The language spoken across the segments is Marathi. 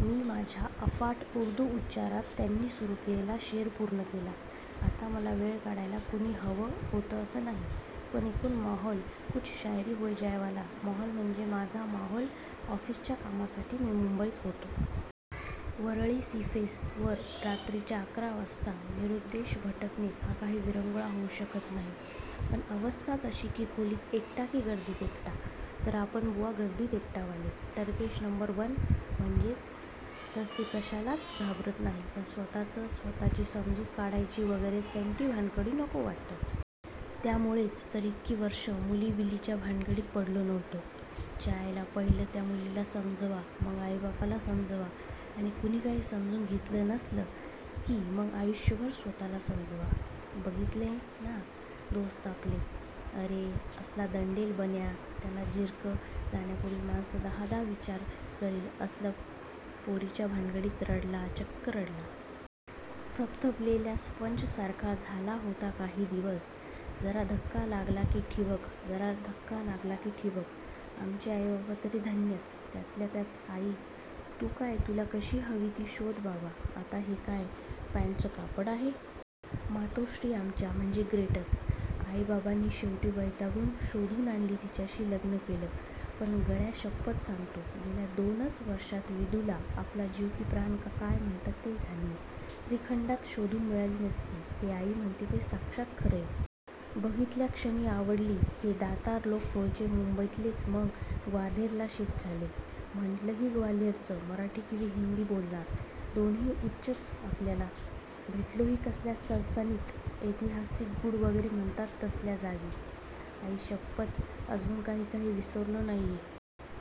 मी माझ्या अफाट उर्दू उच्चारात त्यांनी सुरू केलेला शेर पूर्ण केला. आता मला वेळ काढायला कुणी हवं होतं असं नाही पण एकूण माहोल "कुछ शायरी हो जाय " वाला. माहोल म्हणजे माझा माहोल ऑफिसच्या कामासाठी मी मुंबईत होतो. वरळी सीफेस वर रात्रीच्या अकरा वाजता निरुद्देश भटकणे हा काही विरंगुळा होऊ शकत नाही पण अवस्थाच अशी की खोलीत एकटा की गर्दीत एकटा? तर आपण बुवा गर्दीत एकटा वाले. टरकेश नंबर वन. म्हणजे तसे कशालाच घाबरत नाही पण स्वत:च स्वत:ची समजूत काढायची, वगैरे सेंटी भानगडी नको वाटतात. त्यामुळेच तर इतकी वर्षं मुली-बिलीच्या भानगडीत पडलो नव्हतो. च्यायला पहिलं त्या मुलीला समजवा, मग आई-बापाला समजवा आणि कुणी काही समजून घेत नसलं की मग आयुष्यभर स्वत:ला समजवा. बघितलेयत ना दोस्त आपले. अरे, असला दंडेल बन्या, त्याला तिरकं जाण्यापूर्वी माणूस दहादा विचार करेल, असला पोरीच्या भानगडीत रडला, चक्क रडला! थबथबलेल्या स्पंजसारखा झाला होता काही दिवस. जरा धक्का लागला की ठिबक, जरा धक्का लागला की ठिबक! आमचे आई-बाबा तरी धन्यच. त्यातल्या त्यात आई 'तू काय तुला कशी हवी ती शोध बाबा'. आता हे काय पँटचं कापड आहे? मातोश्री आमच्या म्हणजे ग्रेटच. आई-बाबांनी शेवटी वैतागून शोधून आणली तिच्याशी लग्न केलं. पण गळ्याशप्पथ सांगतो, गेल्या दोनच वर्षांत विदुला, आपला जीव की प्राण का काय म्हणतात ते झालीये. त्रिखंडात शोधून मिळाली नसती, हे आई म्हणते ते साक्षात खरंय. बघितल्याक्षणी आवडली. हे दातार लोक मुळचे मुंबईतलेच मग ग्वाल्हेरला शिफ़्ट झाले. म्हटलं ही ग्वाल्हेरचं मराठी किंवा हिंदी बोलणार, दोन्ही उच्चच आपल्याला. भेटलोही कसल्या सणसणीत ऐतिहासिक, गूढ वगैरे म्हणतात तसल्या जागी. आईशप्पथ, अजून, काही काही विसरलो नाहीये.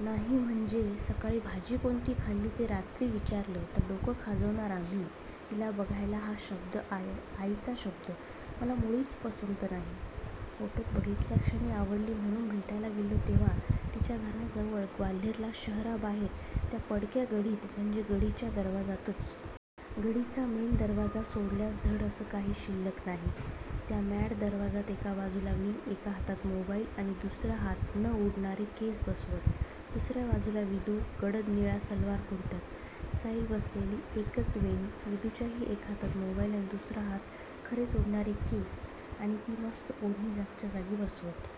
नाही म्हणजे सकाळी भाजी कोणती खाल्ली ते रात्री विचारलं तर डोकं खाजवणार आम्ही. तिला "बघायला" हा आईचा शब्द, मला मुळीच पसंत नाही- फोटोत बघितल्याक्षणी आवडली म्हणून "भेटायला" गेलो तेव्हा. तिच्या घराजवळ ग्वाल्हेरला शहराबाहेर त्या पडक्या गढीत, म्हणजे गढीच्या दरवाजातच. गढीचा मेन दरवाजा सोडल्यास धड असं काही शिल्लक नाही. त्या मॅड दरवाजात एका बाजूला मी, एका हातात मोबाईल आणि दुसरा हात न उडणारे केस बसवत. दुसर्या बाजूला विदू, गडद निळ्या सलवार कुरत्यात. सैल बांधलेली एकच वेणी, विदूच्याही एका हातात मोबाईल आणि दुसरा हात खरेच उडणारे केस आणि ती मस्तं ओढणी जागच्या जागी बसवत.